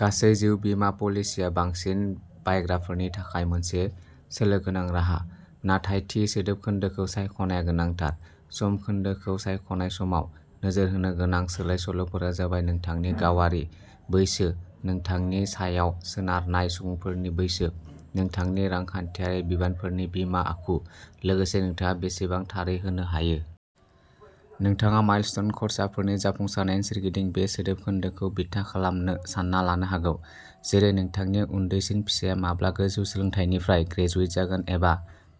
गासै जिउ बीमा पलिसिया बांसिन बायग्राफोरनि थाखाय मोनसे सोलो गोनां राहा, नाथाय थि सोदोब खोन्दोखौ सायख'नाया गोनांथार। सम खोन्दोखौ सायख'नाय समाव नोजोर होनो गोनां सोलाय-सोल'फोरा जाबाय नोंथांनि गावारि बैसो, नोंथांनि सायाव सोनारनाय सुबुंफोरनि बैसो, नोंथांनि रांखान्थियारि बिबानफोरनि बिमा आखु, लोगोसे नोंथाङा बेसेबां थारै होनो हायो। नोंथाङा माइलस्टोन खर्साफोरनि जाफुंसारनायनि सोरगिदिं बे सोदोब खोन्दोखौ बिथा खालामनो सानना लानो हागौ, जेरै नोंथांनि उन्दैसिन फिसाया माब्ला गोजौ सोलोंथायनिफ्राय ग्रेजुवेट जागोन एबा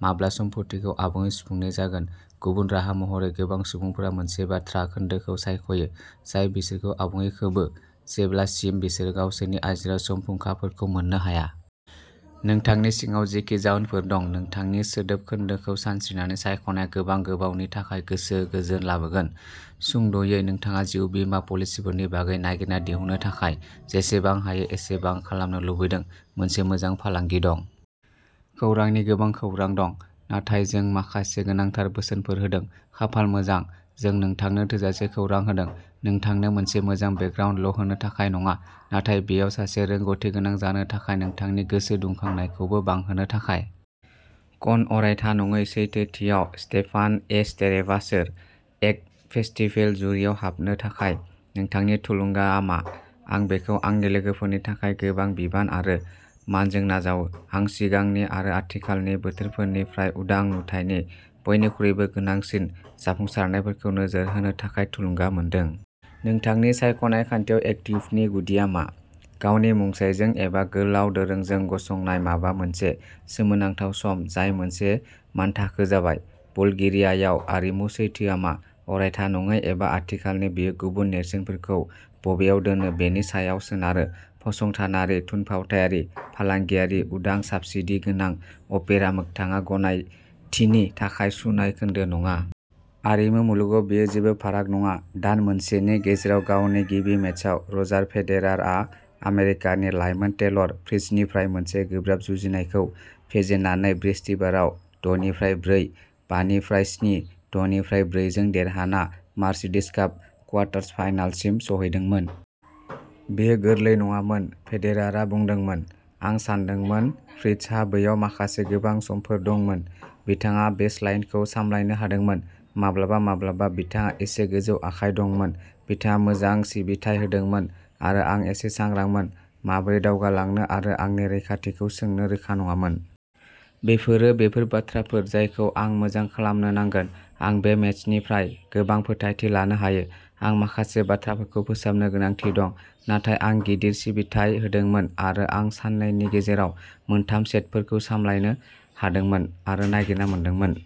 माब्ला सम्फथिखौ आबुङै सुफुंनाय जागोन। गुबुन राहा महरै, गोबां सुबुंफोरा मोनसे बाथ्रा खोन्दोखौ सायख'यो जाय बिसोरखौ आबुङै खोबो जेब्लासिम बिसोरो गावसोरनि आजिरा सम फुंखाफोरखौ मोननो हाया। नोंथांनि सिङाव जेखि जाहोनफोर दं, नोंथांनि सोदोब खोन्दोखौ सानस्रिनानै सायख'नाया गोबां गोबावनि थाखाय गोसो गोजोन लाबोगोन। सुंद'यै, नोंथाङा जिउ बीमा पलिसफोरनि बागै नागिरना दिहुननो थाखाय जेसेबां हायो एसेबां खालामनो लुबैदों। मोनसे मोजां फालांगि दं। खौरांनि गोबां खौरां दं, नाथाय जों माखासे गोनांथार बोसोनफोर होदों। खाफाल मोजां, जों नोंथांनो थोजासे खौरां होदों, नोंथांनो मोनसे मोजां बेकग्राउन्डल' होनो थाखाय नङा, नाथाय बेयाव सासे रोंग'थिगोनां जानो थाखाय नोंथांनि गोसो दुंखांनायखौबो बांहोनो थाखाय। कन अरायथा नङै सैथोथियाव स्टेफान ए स्टेरेभआ सोर? एक्ट फेस्टिभेल जुरिआव हाबनो थाखाय नोंथांनि थुलुंगाआ मा? आं बेखौ आंनि लोगोफोरनि थाखाय गोबां बिबान आरो मानजों नाजावो। आं सिगांनि आरो आथिखालनि बोथोरनिफ्राय उदां नुथायनि बयनिख्रुइबो गोनांसिन जाफुंसारनायफोरखौ नोजोर होनो थाखाय थुलुंगा मोनदों। नोंथांनि सायख'नाय खान्थियाव एक्टिवनि गुदिआ मा? गावनि मुंसाइजों एबा गोलाव दोरोंजों गसंनाय माबा मोनसे सोमोनांथाव सम जाय मोनसे मानथाखो जाबाय। बुलगेरियायाव आरिमु सैथोआ मा अरायथा नङै एबा आथिखालनि बेयो गुबुन नेरसोनफोरखौ बबेयाव दोनो बेनि सायाव सोनारो फसंथानारि थुनफावथायारि फालांगियारि उदां साब्सिडी गोनां अपेरा मोगथाङा गनायथिनि थाखाय सुनाय खोन्दो नङा। आरिमु मुलुगाव बेयो जेबो फाराग नङा। दान मोनसेनि गेजेराव गावनि गिबि मेचआव, रजार फेदेरारआ आमेरिकानि लाइमोन टेलर फ्रिट्जनिफ्राय मोनसे गोब्राब जुजिनायखौ फेजेननानै बृहस्पतिबाराव दनिफ्राय ब्रै बानिफ्राइ स्नि दनिफ्राइ ब्रै जों देरहाना मार्सिडिज काप कुवार्टर फाइनालसिम सौहैदोंमोन। बेयो गोरलै नङामोन, फेदेरारआ बुंदोंमोन। आं सानदोंमोन फ्रिट्जहा बैयाव माखासे मोजां समफोर दंमोन। बिथाङा बेसलाइनखौ सामलायनो हादोंमोन, माब्लाबा माब्लाबा बिथाङा एसे गोजौ आखाइ दंमोन। बिथाङा मोजां सिबिथाय होदोंमोन आरो आं एसे सांग्रांमोन, माबोरै दावगालांनो आरो आंनि रैखाथिखौ सोंनो रोखा नङामोन। बेफोरो बेफोर बाथ्राफोर जायखौ आं मोजां खालामनो नांगोन। आं बे मेचनिफ्राय गोबां फोथायथि लानो हायो। आं माखासे बाथ्राफोरखौ फोसाबनो गोनांथि दं, नाथाय आं गिदिर सिबिथाय होदोंमोन आरो आं साननैनि गेजेराव मोनथाम सेटफोरखौ सामलायनो हादोंमोन, आरो नागिरना मोनदोंमोन।